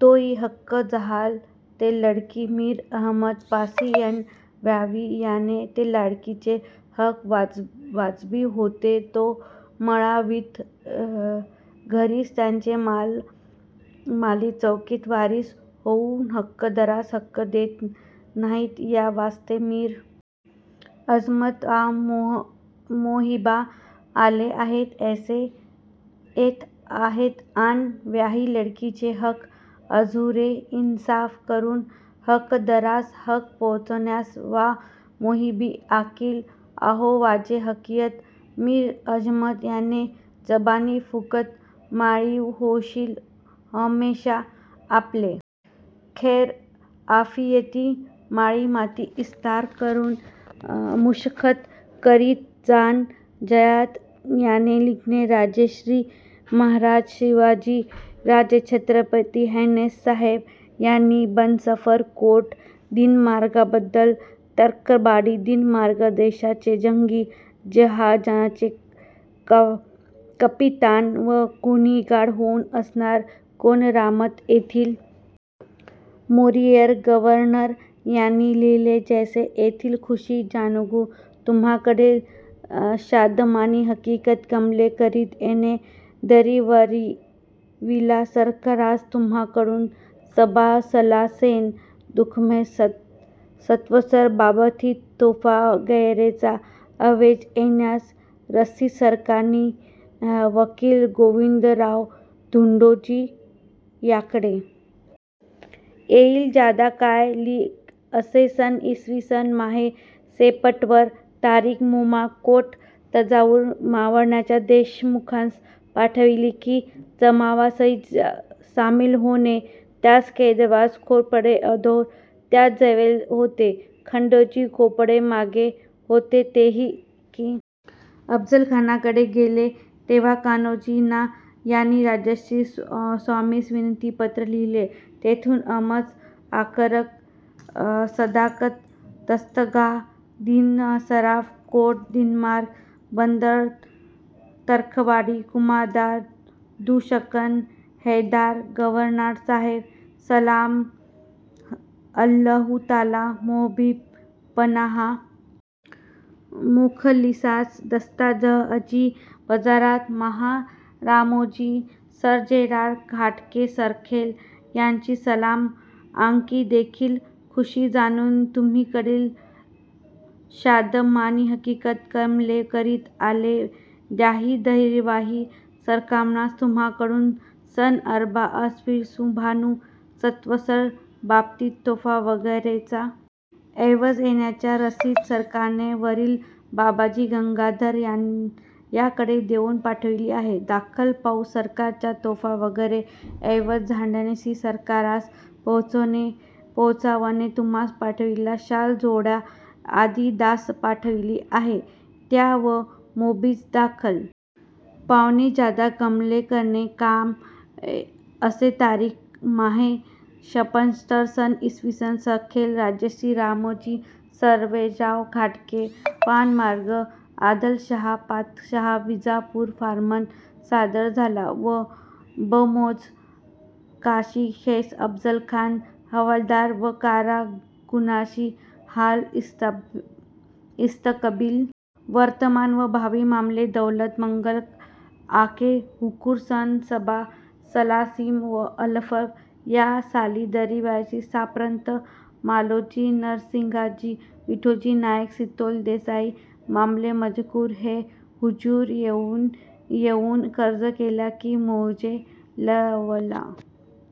तोही हक जाहला ते लडकी मीर अमजद पासी आन व्याही आहे ते लडकीचे हक वाजबी होता तो मळा वीत घरीच त्याचे माल माली चौतीस वारीस होऊन हक दारास हक देत नाहीत यावास्ते मीर अमजद आं मोहीबा आले आहेत यैस येथ आहेत आन व्याही लडकीचे हक अजरुई इनसाफ करून हकदारास हक पोहचावयास आं मोहीबी आंकील आहेो बाजे हकिकत मीर अमजद याचे जबानी मुफस माळीम होईल हमेषा आपले खैर आफियेती माळीमाती ईस्तारा करून खुशवख्त करीत जाणे जयादा काये लिहीणे राजश्री महाराज शिवाजीराजे छत्रपती हैनेस साहेब यानी बनसफर कोर्ट दिनमार्कबंदर तर्कबाडी दिनमार्क देशाचे जंगी जहाजाचे कपीतान व कुईनाडा होऊन असणार कोनरामत येथील मोरीयेर गववरनर यांसी लिहीले यैसेजे येथील खुषी जानुन तुम्हाकडील षादमानी हकिकत कलमे करीत येणे दरीवीला सरकारास तुम्हाकडुन सबा सलासैन दुर्मुख संवत्सर बाबती तोफा वगैरेचा अैवज येण्यास रसीद सरकार नि वकील गोविंदराव मुधोजी यांकडे येईल ज्यादा काय ली असे सन ईसवी माहे सेपटबर तारिख मोकाम कोट तंजावूर मावळच्या देशमुखांस पाठविले की जमावानसी सामील होणे त्यास केदारजी खोपडे अगोधर त्या जवल होते खंडोजी खोपडे मागे होते ते ही अफजलखानाकडे गेले तेव्हा कान्होजी नाा याणी राजश्री स्वामीस विनती पत्र लिहिले तेथुन अजम आकरम सदाकत दस्तगाहा दीनसफरा कोर्ट दिनमार्क बंदर तर्कबाडी कुमादोर तु अशन हैदरा गवरनरा साहेब सलाम उल हू ताला मोहबीन पनाहा मोखलीसान दस्तगाह अजी वजारत माहा रामोजी सरजेराव घाटके सरखेल यांनी सलाम आंकी येथील खुषी जाणुन तुम्हाकडील षादमानी हकिकत कलमे करीत आले पाहिजे दरीवीला सरकारास तुम्हाकडून सन आर्बा असरीन सुभानू संवत्सर बाबती तोफा वगैरेचा यैवज येण्यास रसिद सरकारचे वकील बाबाजी गंगाधर याकडे देऊन पाठविली आहे दाखला पाऊन सरकारचा तोफा वगैरेचा यैवज झाड्यानीसी सरकारास पोहचावणे पोहचावणे तुम्हास पाठविल्या शाल जोड्यास यादी दास्त पाठविली आहे त्या ब मोजिब दाखल पावणे ज्यादा कलमे करने काय असे तारिख माहे शपटंबर सन ईसवी सरखेल राजश्री रामोजी सर्जेराव घाटके फर्मान आदलशाहा पातशाहा विजापूरचे फर्मान सादर जाला ब मोजब काजी सेख अबजलखान हवालदार व कारकुनानी हाल इस्तकबील वर्तमान व भावी मामले दौलत मंगल आके सुहूर सन सबा सलासीन व अलफ या साली दरिवीला सांप्रत मालोजी नरसिंगराज व विठोजी नायेक सितोले देसाई मामले मजकूर हे हुजूर येऊन येऊन अर्ज केला की मौजे लवला